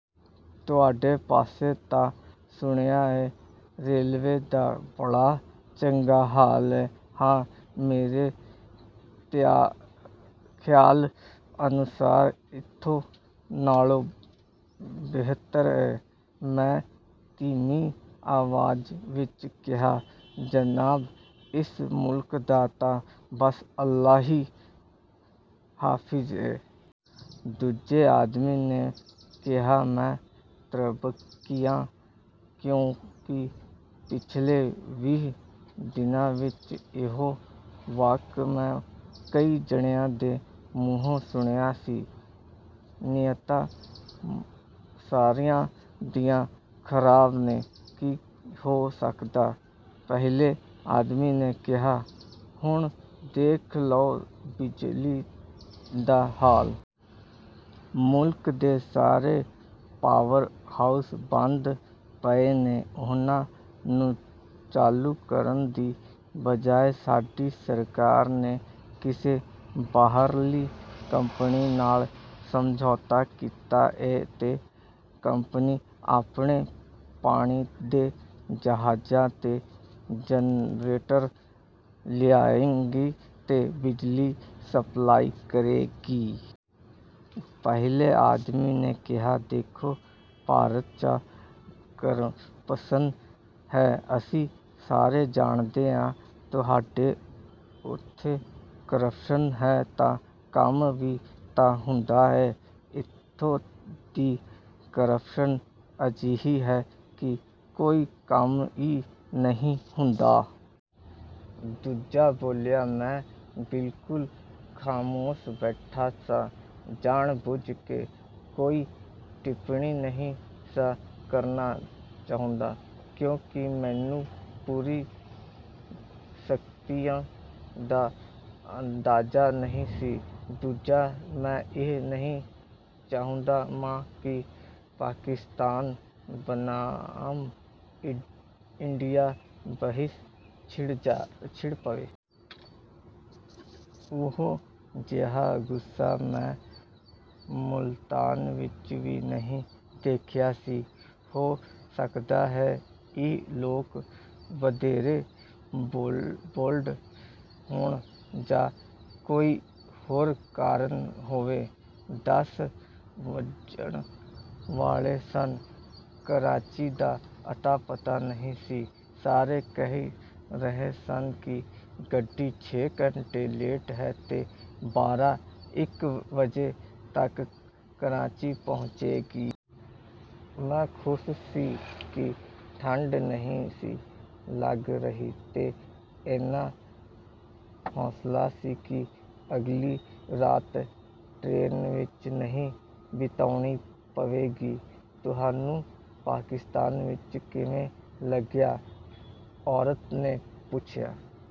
"ਤੁਹਾਡੇ ਪਾਸੇ ਤਾਂ ਸੁਣਿਆ ਏ ਰੇਲਵੇ ਦਾ ਬੜਾ ਚੰਗਾ ਹਾਲ ਏ।" "ਹਾਂ... ਮੇਰੇ ਖ਼ਿਆਲ ਅਨੁਸਾਰ... ਇੱਥੋਂ ਨਾਲੋਂ ਬਿਹਤਰ ਏ।" ਮੈਂ ਧੀਮੀ ਆਵਾਜ਼ ਵਿੱਚ ਕਿਹਾ। "ਜਨਾਬ, ਇਸ ਮੁਲਕ ਦਾ ਤਾਂ ਬਸ ਅੱਲਾਹ ਹੀ ਹਾਫ਼ਿਜ਼ ਏ।" ਦੂਜੇ ਆਦਮੀ ਨੇ ਕਿਹਾ। ਮੈਂ ਤ੍ਰਬਕਿਆ ਕਿਉਂਕਿ ਪਿਛਲੇ ਵੀਹ ਦਿਨਾਂ ਵਿੱਚ ਇਹੋ ਵਾਕ ਮੈਂ ਕਈ ਜਣਿਆਂ ਦੇ ਮੂੰਹੋਂ ਸੁਣਿਆ ਸੀ। "ਨੀਅਤਾਂ ਸਾਰਿਆਂ ਦੀਆਂ ਖ਼ਰਾਬ ਨੇ... ਕੀ ਹੋ ਸਕਦਾ।" ਪਹਿਲੇ ਆਦਮੀ ਨੇ ਕਿਹਾ-- "ਹੁਣ ਦੇਖ ਲਓ ਬਿਜਲੀ ਦਾ ਹਾਲ... ਮੁਲਕ ਦੇ ਸਾਰੇ ਪਾਵਰ ਹਾਊਸ ਬੰਦ ਪਏ ਨੇ। ਉਹਨਾਂ ਨੂੰ ਚਾਲੂ ਕਰਨ ਦੀ ਬਜਾਏ ਸਾਡੀ ਸਰਕਾਰ ਨੇ ਕਿਸੇ ਬਾਹਰਲੀ ਕੰਪਨੀ ਨਾਲ ਸਮਝੌਤਾ ਕੀਤਾ ਏ ਤੇ ਕੰਪਨੀ ਆਪਣੇ ਪਾਣੀ ਦੇ ਜਹਾਜ਼ਾਂ 'ਤੇ ਜਨਰੇਟਰ ਲਿਆਏਗੀ ਤੇ ਬਿਜਲੀ ਸਪਲਾਈ ਕਰੇਗੀ।" ਪਹਿਲੇ ਆਦਮੀ ਨੇ ਕਿਹਾ। "ਦੇਖੋ... ਭਾਰਤ 'ਚ ਕਰਪਸ਼ਨ ਹੈ... ਅਸੀਂ ਸਾਰੇ ਜਾਣਦੇ ਆਂ... ਤੁਹਾਡੇ ਉੱਥੇ ਕਰਪਸ਼ਨ ਹੈ ਤਾਂ ਕੰਮ ਵੀ ਤਾਂ ਹੁੰਦਾ ਏ। ਇੱਥੋਂ ਦੀ ਕਰਪਸ਼ਨ ਅਜਿਹੀ ਹੈ ਕਿ ਕੋਈ ਕੰਮ ਈ ਨਹੀਂ ਹੁੰਦਾ।" ਦੂਜਾ ਬੋਲਿਆ। ਮੈਂ ਬਿਲਕੁਲ ਖ਼ਾਮੋਸ਼ ਬੈਠਾ ਸਾਂ। ਜਾਣ-ਬੁੱਝ ਕੇ ਕੋਈ ਟਿੱਪਣੀ ਨਹੀਂ ਸਾਂ ਕਰਨਾ ਚਾਹੁੰਦਾ, ਕਿਉਂਕਿ ਮੈਨੂੰ ਪੂਰੀ ਸਥਿਤੀ ਦਾ ਅੰਦਾਜ਼ਾ ਨਹੀਂ ਸੀ। ਦੂਜਾ, ਮੈਂ ਇਹ ਨਹੀਂ ਚਾਹੁੰਦਾ ਸਾਂ ਕਿ ਪਾਕਿਸਤਾਨ ਬਨਾਮ ਇੰਡੀਆ ਬਹਿਸ ਛਿੜ ਪਵੇ। ਓਹੋ ਜਿਹਾ ਗੁੱਸਾ ਮੈਂ ਮੁਲਤਾਨ ਵਿੱਚ ਵੀ ਨਹੀਂ ਦੇਖਿਆ ਸੀ। ਹੋ ਸਕਦਾ ਹੈ, ਇਹ ਲੋਕ ਵਧੇਰੇ 'ਬੋਲਡ' ਹੋਣ ਜਾਂ ਕੋਈ ਹੋਰ ਕਾਰਨ ਹੋਵੇ। ਦਸ ਵੱਜਣ ਵਾਲੇ ਸਨ। ਕਰਾਚੀ ਦਾ ਅਤਾ-ਪਤਾ ਨਹੀਂ ਸੀ। ਸਾਰੇ ਕਹਿ ਰਹੇ ਸਨ ਕਿ ਗੱਡੀ ਛੇ ਘੰਟੇ ਲੇਟ ਹੈ ਤੇ ਬਾਰਾਂ, ਇੱਕ ਵਜੇ ਤੱਕ ਕਰਾਚੀ ਪਹੁੰਚੇਗੀ। ਮੈਂ ਖ਼ੁਸ਼ ਸੀ ਕਿ ਠੰਡ ਨਹੀਂ ਸੀ ਲੱਗ ਰਹੀ ਤੇ ਏਨਾ ਹੌਸਲਾ ਸੀ ਕਿ ਅਗਲੀ ਰਾਤ ਟਰੇਨ ਵਿੱਚ ਨਹੀਂ ਬਿਤਾਉਣੀ ਪਵੇਗੀ। "ਤੁਹਾਨੂੰ ਪਾਕਿਸਤਾਨ ਵਿੱਚ ਕਿਵੇਂ ਲੱਗਿਆ?" ਔਰਤ ਨੇ ਪੁੱਛਿਆ।